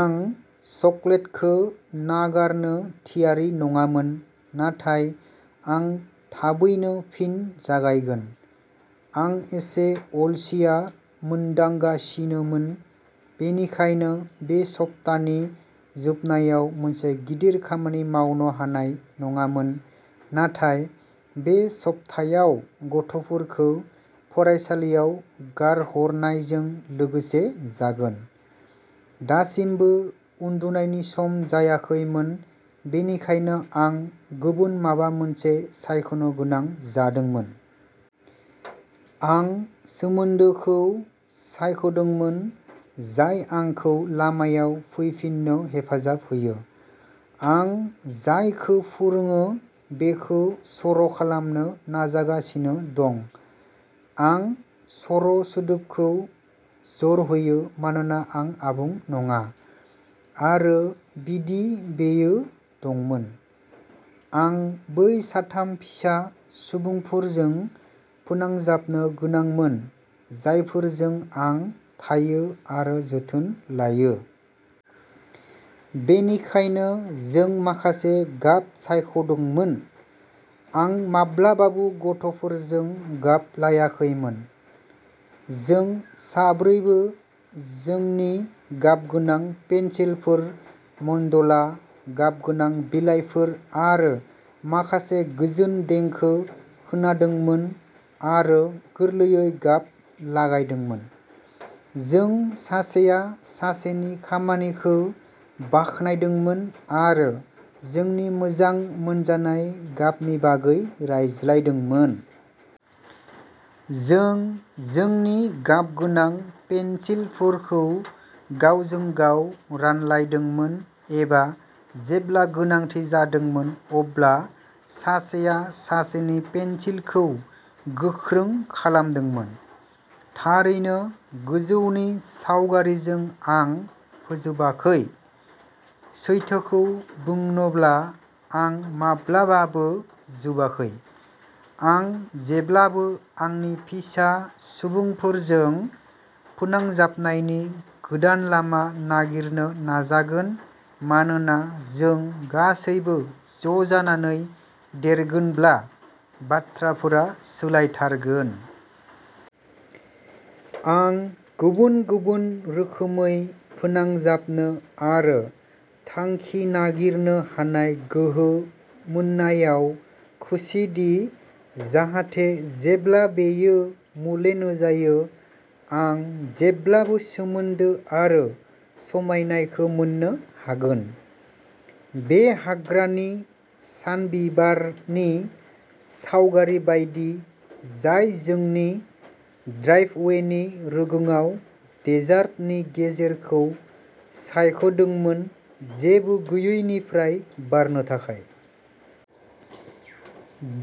आं चकलेटखौ नागारनो थियारि नङामोन, नाथाय आं थाबैनो फिन जागायगोन। आं एसे अलसिया मोनदांगासिनोमोन, बेनिखायनो बे सप्तानि जोबनायाव मोनसे गिदिर खामानि मावनो हानाय नङामोन, नाथाय बे सब्थायाव गथ'फोरखौ फरायसालियाव गारहरनायजों लोगोसे जागोन। दासिमबो उन्दुनायनि सम जायाखैमोन, बेनिखायनो आं गुबुन माबा मोनसे सायख'नो गोनां जादोंमोन। आं सोमोन्दोखौ सायख'दोंमोन, जाय आंखौ लामायाव फैफिननो हेफाजाब होयो। आं जायखौ फोरोङो बेखौ सर'खालामनो नाजागासिनो दं। आं सर'सोदोबखौ जर होयो, मानोना आं आबुं नङा। आरो बिदि, बेयो दंमोन। आं बै साथाम फिसा सुबुंफोरजों फोनांजाबनो गोनांमोन जायफोरजों आं थायो आरो जोथोन लायो। बेनिखायनो जों माखासे गाब सायख'दोंमोन। आं माब्लाबाबो गथ'फोरजों गाब लायाखैमोन। जों साब्रैबो जोंनि गाबगोनां पेन्सिलफोर, मन्डला गाबगोनां बिलाइफोर आरो माखासे गोजोन देंखो खोनादोंमोन आरो गोरलैयै गाब लागायदोंमोन। जों सासेया सासेनि खामानिखौ बाख्नायदोंमोन आरो जोंनि मोजां मोनजानाय गाबनि बागै रायज्लायदोंमोन। जों जोंनि गाबगोनां पेन्सिलफोरखौ गावजों गाव रानलायदोंमोन एबा जेब्ला गोनांथि जादोंमोन अब्ला सासेया सासेनि पेन्सिलखौ गोख्रों खालामदोंमोन। थारैनो, गोजौनि सावगारिजों, आं फोजोबाखै। सैथोखौ बुंनोब्ला, आं माब्लाबाबो जोबाखै। आं जेब्लाबो आंनि फिसा सुबुंफोरजों फोनांजाबनायनि गोदान लामा नागिरनो नाजागोन, मानोना जों गासैबो ज'जानानै देरगोनब्ला, बाथ्राफोरा सोलायथारगोन। आं गुबुन-गुबुन रोखोमै फोनांजाबनो आरो थांखि नागिरनो हानाय गोहो मोननायाव खुसिदि जाहाथे जेब्ला बेयो मोले नुजायो, आं जेब्लाबो सोमोन्दो आरो समायनाखौ मोन्नो हागोन। बे हाग्रानि सानबिबारनि सावगारि बायदि जाय जोंनि ड्राइभवेनि रुगुङाव डेजार्टनि गेजेरखौ सायख'दोंमोन, जेबो गैयैनिफ्राय बारनो थाखाय।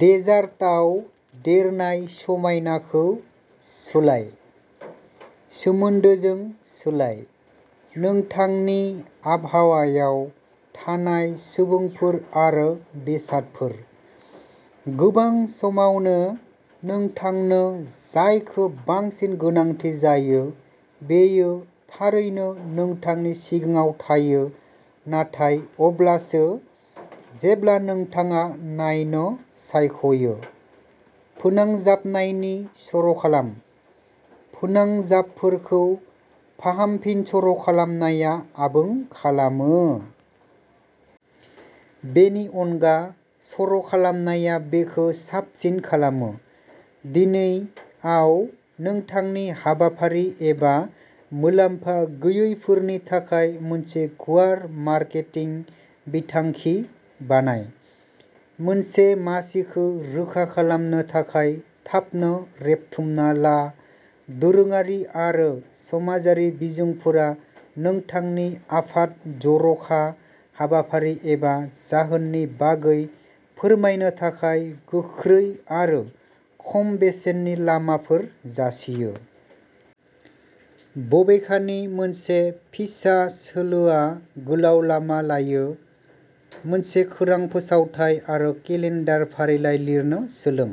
डेजार्टआव देरनाय समायनाखौ सोलाय। सोमोन्दोजों सोलाय। नोंथांनि आबहावायाव थानाय सुबुंफोर आरो बेसादफोर। गोबां समावनो नोंथांनो जायखौ बांसिन गोनांथि जायो बेयो थारैनो नोंथांनि सिगाङाव थायो, नाथाय अब्लासो जेब्ला नोंथाङा नायनो सायख'यो। फोनांजाबनायनि सर'खालाम। फोनांजाबफोरखौ फाहामफिनसर'खालामनाया आबुं खालामो। बेनि अनगा, सर'खालामनाया बेखौ साबसिन खालामो। दिनै आव नोंथांनि हाबाफारि एबा मुलाम्फा गैयैफोरनि थाखाय मोनसे गुवार मार्केटिं बिथांखि बानाय। मोनसे मासिखौ रोखा खालामनो थाखाय थाबनो रेबथुमना ला! दोरोङारि आरो समाजारि बिजोंफोरा नोंथांनि आफाद, जर'खा हाबाफारि, एबा जाहोननि बागै फोरमायनो थाखाय गोख्रै आरो खम बेसेननि लामाफोर जासियो। बबेखानि, मोनसे फिसा सोलोआ गोलाव लामा लायो। मोनसे खौरां फोसावथाइ आरो केलेन्डार फारिलाइ लिरनो सोलों।